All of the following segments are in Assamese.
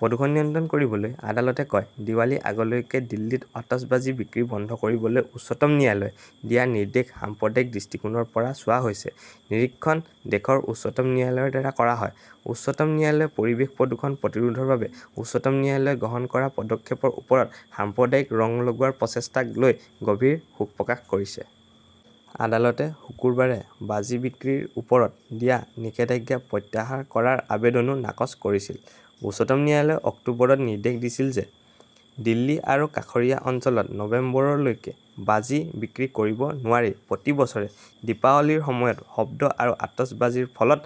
প্ৰদূষণ নিয়ন্ত্ৰণ কৰিবলৈ আদালতে কয়, দিৱালী আগলৈকে দিল্লীত অতচ বাজি বিক্ৰী বন্ধ কৰিবলৈ উচ্চতম ন্যায়ালয়ে দিয়া নিৰ্দেশ সাম্প্ৰদায়িক দৃষ্টিকোণৰ পৰা চোৱা হৈছে। নিৰীক্ষণ দেশৰ উচ্চতম ন্যায়ালয়ৰ দ্বাৰা কৰা হয়। উচ্চতম ন্যায়ালয়ে পৰিৱেশ প্ৰদূষণ প্ৰতিৰোধৰ বাবে উচ্চতম ন্যায়ালয়ে গ্ৰহণ কৰা পদক্ষেপৰ ওপৰত সাম্প্ৰদায়িক ৰং লগোৱাৰ প্ৰচেষ্টাক লৈ গভীৰ শোক প্ৰকাশ কৰিছে। আদালতে শুকুৰবাৰে বাজি বিক্ৰীৰ ওপৰত দিয়া নিষেধাজ্ঞা প্ৰত্যাহাৰ কৰাৰ আবেদনও নাকচ কৰিছিল। উচ্চতম ন্যায়ালয়ে অক্টোবৰত নিৰ্দেশ দিছিল যে, দিল্লী আৰু কাষৰীয়া অঞ্চলত নৱেম্বৰলৈকে বাজি বিক্ৰী কৰিব নোৱাৰি প্ৰতি বছৰে দীপাৱলীৰ সময়ত শব্দ আৰু আতচবাজীৰ ফলত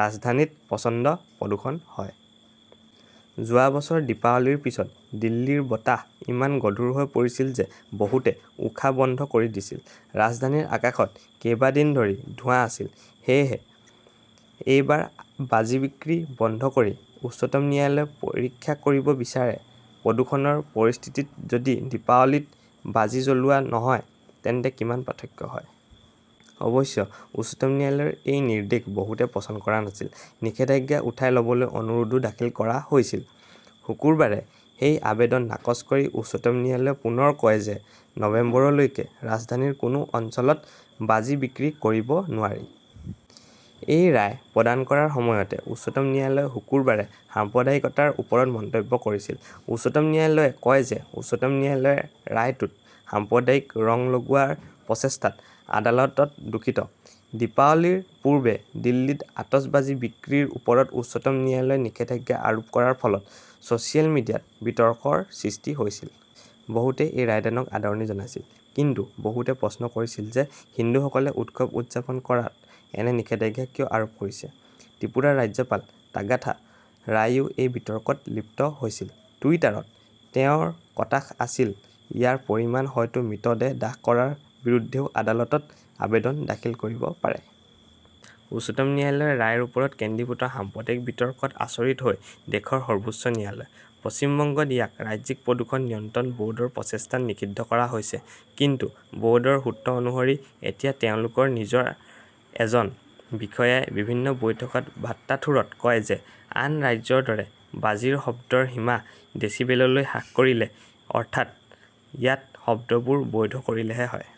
ৰাজধানীত প্ৰচণ্ড প্ৰদূষণ হয়। যোৱা বছৰ দীপাৱলীৰ পিছত দিল্লীৰ বতাহ ইমান গধুৰ হৈ পৰিছিল যে বহুতে উশাহ বন্ধ কৰি দিছিল। ৰাজধানীৰ আকাশত কেইবা দিন ধৰি ধোঁৱা আছিল। সেয়েহে এইবাৰ বাজি বিক্ৰী বন্ধ কৰি উচ্চতম ন্যায়ালয়ে পৰীক্ষা কৰিব বিচাৰে, প্ৰদূষণৰ পৰিস্থিতিত যদি দীপাৱলীত বাজি জ্বলোৱা নহয় তেন্তে কিমান পাৰ্থক্য হয়। অৱশ্যে, উচ্চতম ন্যায়ালয়ৰ এই নিৰ্দেশ বহুতে পচন্দ কৰা নাছিল। নিষেধাজ্ঞা উঠাই ল'বলৈ অনুৰোধও দাখিল কৰা হৈছিল। শুকুৰবাৰে সেই আবেদন নাকচ কৰি উচ্চতম ন্যায়ালয়ে পুনৰ কয় যে নৱেম্বৰলৈকে ৰাজধানীৰ কোনো অঞ্চলত বাজি বিক্ৰী কৰিব নোৱাৰি। এই ৰায় প্ৰদান কৰাৰ সময়তে উচ্চতম ন্যায়ালয়ে শুকুৰবাৰে সাম্প্ৰদায়িকতাৰ ওপৰত মন্তব্য কৰিছিল। উচ্চতম ন্যায়ালয়ে কয় যে, উচ্চতম ন্যায়ালয়ৰ ৰায়টোত সাম্প্ৰদায়িক ৰং লগোৱাৰ প্ৰচেষ্টাত আদালত দুখিত। দীপাৱলীৰ পূৰ্বে দিল্লীত আতচ বাজি বিক্ৰীৰ ওপৰত উচ্চতম ন্যায়ালয়ে নিষেধাজ্ঞা আৰোপ কৰাৰ ফলত ছ 'চিয়েল মিডিয়াত বিতৰ্কৰ সৃষ্টি হৈছিল। বহুতে এই ৰায়দানক আদৰণি জনাইছিল। কিন্তু বহুতে প্ৰশ্ন কৰিছিল যে হিন্দুসকলে উৎসৱ উদযাপন কৰাত এনে নিষেধাজ্ঞা কিয় আৰোপ কৰিছে? ত্ৰিপুৰাৰ ৰাজ্যপাল তাগাথা ৰায়েও এই বিতৰ্কত লিপ্ত হৈছিল। টুইটাৰত তেওঁৰ কটাক্ষ আছিল-ইয়াৰ পৰিমাণ হয়তো মৃতদেহ দাহ কৰাৰ বিৰুদ্ধেও আদালতত আবেদন দাখিল কৰিব পাৰে। উচ্চতম ন্যায়ালয়ৰ ৰায়ৰ ওপৰত কেন্দ্ৰীভূত সাম্প্ৰদায়িক বিতৰ্কত আচৰিত হৈ দেশৰ সৰ্বোচ্চ ন্যায়ালয়। পশ্চিম বংগত ইয়াক ৰাজ্যিক প্ৰদূষণ নিয়ন্ত্ৰণ ব'ৰ্ডৰ প্ৰচেষ্টাত নিষিদ্ধ কৰা হৈছে। কিন্তু ব ৰ্ডৰ সূত্ৰ অনুসৰি, এতিয়া তেওঁলোকৰ নিজৰ এজন বিষয়াই বিভিন্ন বৈঠকত ভাট্টাথোৰত কয় যে আন ৰাজ্যৰ দৰে বাজিৰ শব্দৰ সীমা ডেছিবেললৈ হ্ৰাস কৰিলে, অৰ্থাৎ ইয়াত শব্দবোৰ বৈধ কৰিলেহে হয়।